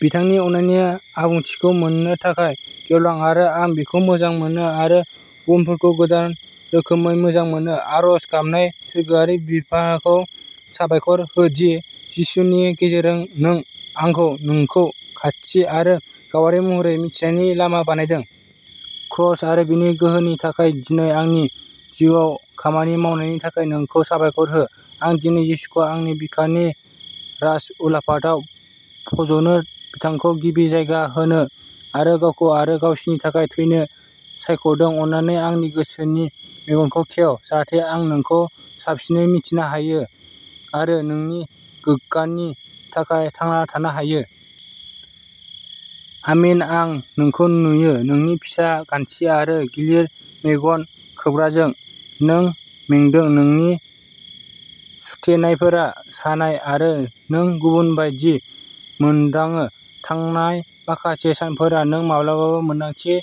बिथांनि अननायनि आबुंथिखौ मोन्नो थाखाय गेवलां आरो आं बिखौ मोजां मोनो आरो गुबुनफोरखौ गोदान रोखोमै मोजां मोनो। आरज गाबनाय सोरगोआरि बिफाखौ साबायखर हो दि जिसुनि गेजेरजों नों आंखौ नोंखौ खाथि आरो गावारि महरै मिथिनायनि लामा बानायदों। क्रस आरो बेनि गोहोनि थाखाय दिनै आंनि जिउआव खामानि मावनायनि थाखाय नोंखौ साबायखर हो। आं दिनै जिसुखौ आंनि बिखानि राजउलाफादाव फज'नो बिथांखौ गिबि जायगा होनो आरो गावखौ आरो गावसिनि थाखाय थैनो सायख'दों अन्नानै आंनि गोसोनि मेगनखौ खेव जाहाथे आं नोंखौ साबसिनै मिन्थिनो हायो आरो नोंनि गोग्गानि थाखाय थांना थानो हायो। आमीन आं नोंखौ नुयो नोंनि फिसा गान्थि आरो गिलिर मेगन खोबग्राजों। नों मेंदों नोंनि सुथेनायफोरा सानाय आरो नों गुबुन बायदि मोनदाङो। थांनाय माखासे सानफोरा नों माब्लाबाबो मोन्दांथि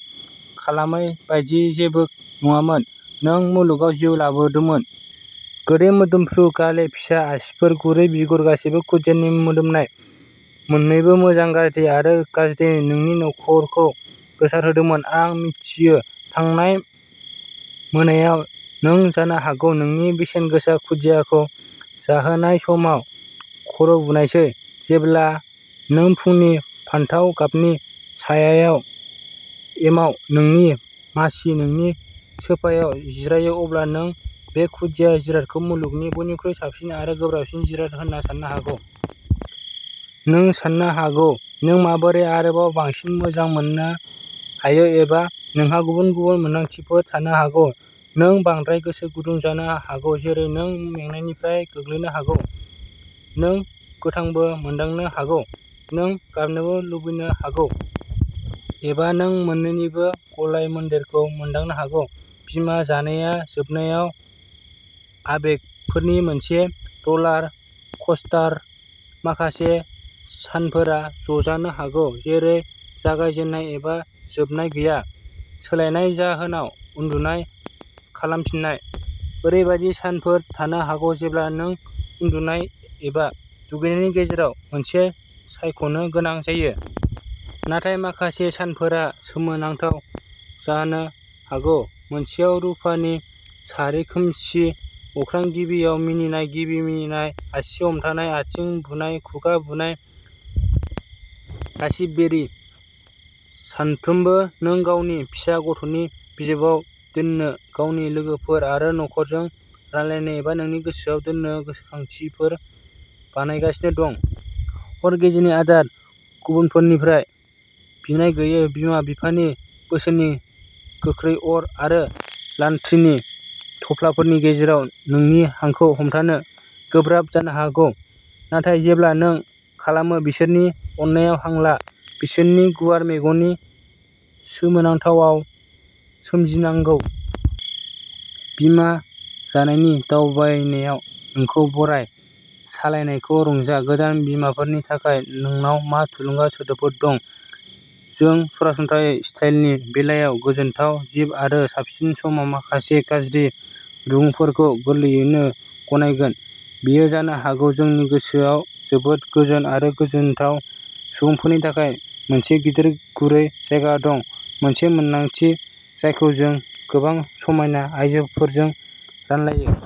खालामै बायदि जेबो नङामोन। नों मुलुगाव जिउ लाबोदोंमोन। गोदै मोदोमफ्रु गाले फिसा आसिफोर गुरै बिगुर गासैबो। खुदियानि मोदोमनाय मोन्नैबो मोजां गाज्रि आरो गाज्रि नोंनि न'खरखौ गोसारहोदोंमोन। आं मिथियो थांनाय मोनायाव नों जानो हागौ नोंनि बेसेनगोसा खुदियाखौ जाहोनाय समाव खर'बुनायसै। जेब्ला नों फुंनि फान्थाव गाबनि सायायाव एमाव नोंनि मासि नोंनि सोफायाव जिरायो अब्ला नों बे खुदिया जिरादखौ मुलुगनि बयनिख्रुइ साबसिन आरो गोब्राबसिन जिराद होनना साननो हागौ। नों साननो हागौ नों माबोरै आरोबाव बांसिन मोजां मोननो हायो एबा नोंहा गुबुन गुबुन मोनदांथिफोर थानो हागौ। नों बांद्राय गोसो गुदुं जानो हागौ जेरै नों मेंनायनिफ्राय गोग्लैनो हागौ। नों गोथांबो मोनदांनो हागौ। नों गाबनोबो लुबैनो हागौ। एबा नों मोन्नैनिबो गलायमोन्देरखौ मोनदांनो हागौ। बिमा जानाया जोबनायाव आबेगफोरनि मोनसे र'लार कस्टार। माखासे सानफोरा ज'जानो हागौ जेरै जागाय जेननाय एबा जोबनाय गैया। सोलायनाय जाहोनाय उन्दुनाय, खालामफिननाय। ओरैबायदि सानफोर थानो हागौ जेब्ला नों उन्दुनाय एबा दुगैनायनि गेजेराव मोनसे सायख'नो गोनां जायो। नाथाय, माखासे सानफोरा सोमोनांथाव जानो हागौ मोनसेआव रुफानि सारि खोमसि अख्रां गिबियाव मिनिनाय गिबि मिनिनाय आसि हमथानाय आथिं बुनाय खुगा बुनाय रास्पबेरी। सानफ्रोमबो नों गावनि फिसा गथ'नि बिजाबाव दोन्नो गावनि लोगोफोर आरो नखरजों रानलायनो एबा नोंनि गोसोआव दोननो गोसोखांथिफोर बानायगासिनो दं। हर गेजेरनि आदार गुबुनफोरनिफ्राय बिनाय गैयै बिमा बिफानि बोसोननि गोख्रै अर आरो लान्ड्रीनि थफ्लाफोरनि गेजेराव नोंनि हांखौ हमथानो गोब्राब जानो हागौ। नाथाय जेब्ला नों खालामो बिसोरनि अननायाव हां ला। बिसोरनि गुवार मेगननि सोमोनांथावाव सोमजिनांगौ। बिमा जानायनि दावबायनायाव नोंखौ बराय। सालायनायखौ रंजा। गोदान बिमाफोरनि थाखाय नोंनाव मा थुलुंगा सोदोबफोर दं? जों सरासनस्रायै स्टाइलनि बेलायाव गोजोनथाव जिब आरो साबसिन समाव माखासे गाज्रि रुगुंफोरखौ गोरलैयैनो गनायगोन। बेयो जानो हागौ जोंनि गोसोआव जोबोद गोजोन आरो गोजोनथाव सुबुंफोरनि थाखाय मोनसे गिदिर गुरै जायगा दं, मोनसे मोनदांथि जायखौ जों गोबां समायना आइजोफोरजों रानलायो।